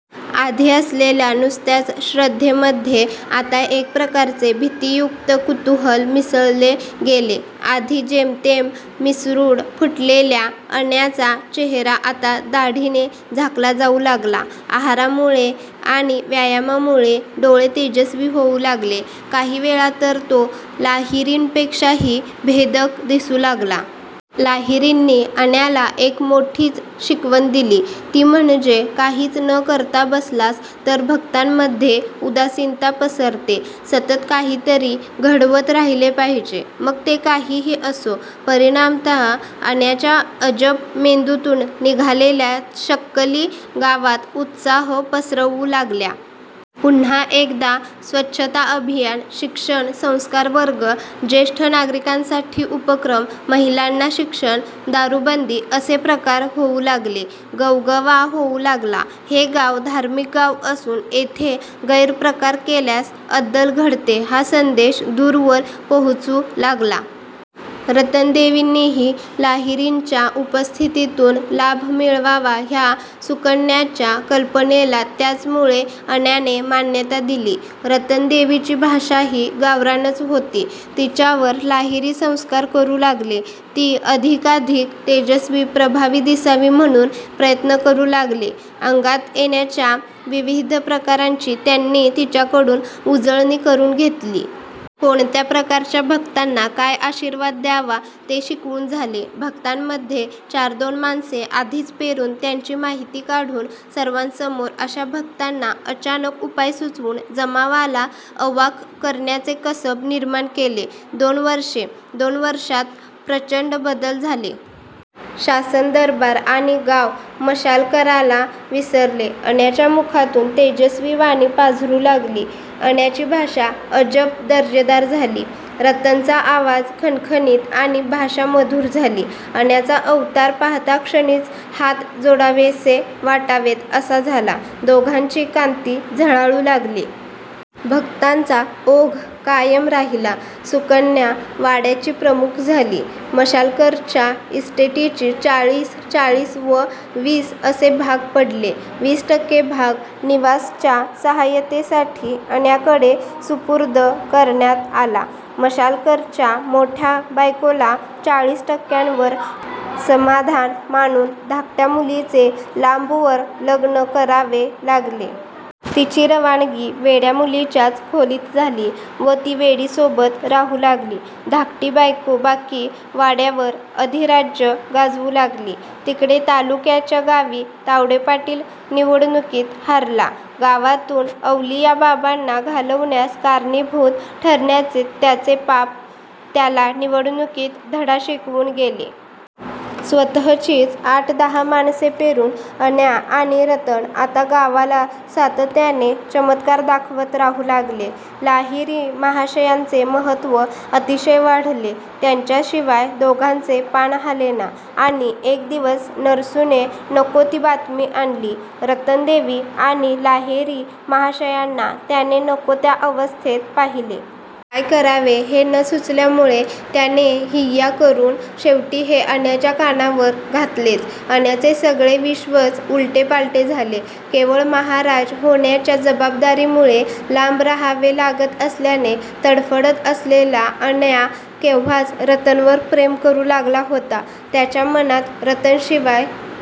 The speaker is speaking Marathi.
आधी असलेल्या नुसत्याच श्रद्धेमध्ये आता एक प्रकारचे भीतीयुक्त कुतूहल मिसळले गेले. आधी जेमतेम मिसरूड फुटलेल्या अन्याचा चेहरा आता दाढीने झाकला जाऊ लागला. आहारामुळे आणि व्यायामामुळे डोळे तेजस्वी होऊ लागले. काही वेळा तर तो लाहिरींपेक्षाही भेदक दिसू लागला. लाहिरींनी अन्याला एक मोठीच शिकवण दिली. ती म्हणजे काहीच न करता बसलास तर भक्तांमध्ये उदासीनता पसरते. सतत काहीतरी घडवत राहिले पाहिजे. मग ते काहीही असो. परिणामतः अन्याच्या अजब मेंदूतून निघालेल्या शक्कली गावात उत्साह पसरवू लागल्या. पुन्हा एकदा स्वच्छता अभियान, शिक्षण, संस्कार वर्ग, ज्येष्ठ नागरिकांसाठी उपक्रम, महिलांना शिक्षण, दारूबंदी असे प्रकार होऊ लागले. गवगवा होऊ लागला. हे गाव धार्मिक गाव असून येथे गैरप्रकार केल्यास अद्दल घडते हा संदेश दूरवर पोहोचू लागला. रतनदेवींनीही लाहिरींच्या उपस्थितीतून लाभ मिळवावा ह्या सुकन्याच्या कल्पनेला त्याचमुळे अन्याने मान्यता दिली. रतनदेवीची भाषाही गावरानच होती. तिच्यावर लाहिरी संस्कार करू लागले. ती अधिकाधिक तेजस्वी, प्रभावी दिसावी म्हणून प्रयत्न करू लागले. अंगात येण्याच्या विविध प्रकारांची त्यांनी तिच्याकडून उजळणी करून घेतली. कोणत्या प्रकारच्या भक्तांना काय आशीर्वाद द्यावा ते शिकवून झाले. भक्तांमध्ये चार दोन माणसे आधीच पेरून त्यांची माहिती काढून सर्वांसमोर अशा भक्तांना अचानक उपाय सुचवून जमावाला अवाक करण्याचे कसब निर्माण केले. दोन वर्षे. दोन वर्षांत प्रचंड बदल झाले. शासन दरबार आणि गाव मशालकराला विसरले. अन्याच्या मुखातून तेजस्वी वाणी पाझरू लागली. अन्याची भाषा अजब दर्जेदार झाली. रतनचा आवाज खणखणीत आणि भाषा मधुर झाली. अन्याचा अवतार पाहताक्षणीच हात जोडावेसे वाटावेत असा झाला. दोघांची कांती झळाळू लागली. भक्तांचा ओघ कायम राहिला. सुकन्या वाड्याची प्रमुख झाली. मशालकरच्या इस्टेटीची चाळीस, चाळीस व वीस असे भाग पडले. वीस टक्के भाग निवासच्या सहाय्यतेसाठी अन्याकडे सुपूर्द करण्यात आला. मशालकरच्या मोठ्या बायकोला चाळीस टक्क्यांवर समाधान मानून धाकट्या मुलीचे लांबवर लग्न करावे लागले. तिची रवानगी वेड्या मुलीच्याच खोलीत झाली व ती वेडीसोबत राहू लागली. धाकटी बायको बाकी वाड्यावर अधिराज्य गाजवू लागली. तिकडे तालुक्याच्या गावी तावडे पाटील निवडणुकीत हारला. गावातून अवलिया बाबांना घालवण्यास कारणीभूत ठरण्याचे त्याचे पाप त्याला निवडणुकीत धडा शिकवून गेले. स्वतःचीच आठ दहा माणसे पेरून अन्या आणि रतन आता गावाला सातत्याने चमत्कार दाखवत राहू लागले. लाहिरी महाशयांचे महत्त्व अतिशय वाढले. त्यांच्याशिवाय दोघांचे पान हालेना. आणि एक दिवस नरसूने नको ती बातमी आणली. रतनदेवी आणि लाहिरी महाशयांना त्याने नको त्या अवस्थेत पाहिले. काय करावे हे न सुचल्यामुळे त्याने हिय्या करून शेवटी हे अन्याच्या कानावर घातलेच. अन्याचे सगळे विश्वच उलटेपालटे झाले. केवळ महाराज होण्याच्या जबाबदारीमुळे लांब राहावे लागत असल्याने तडफडत असलेला अन्या केव्हाच रतनवर प्रेम करू लागला होता. त्याच्या मनात रतनशिवाय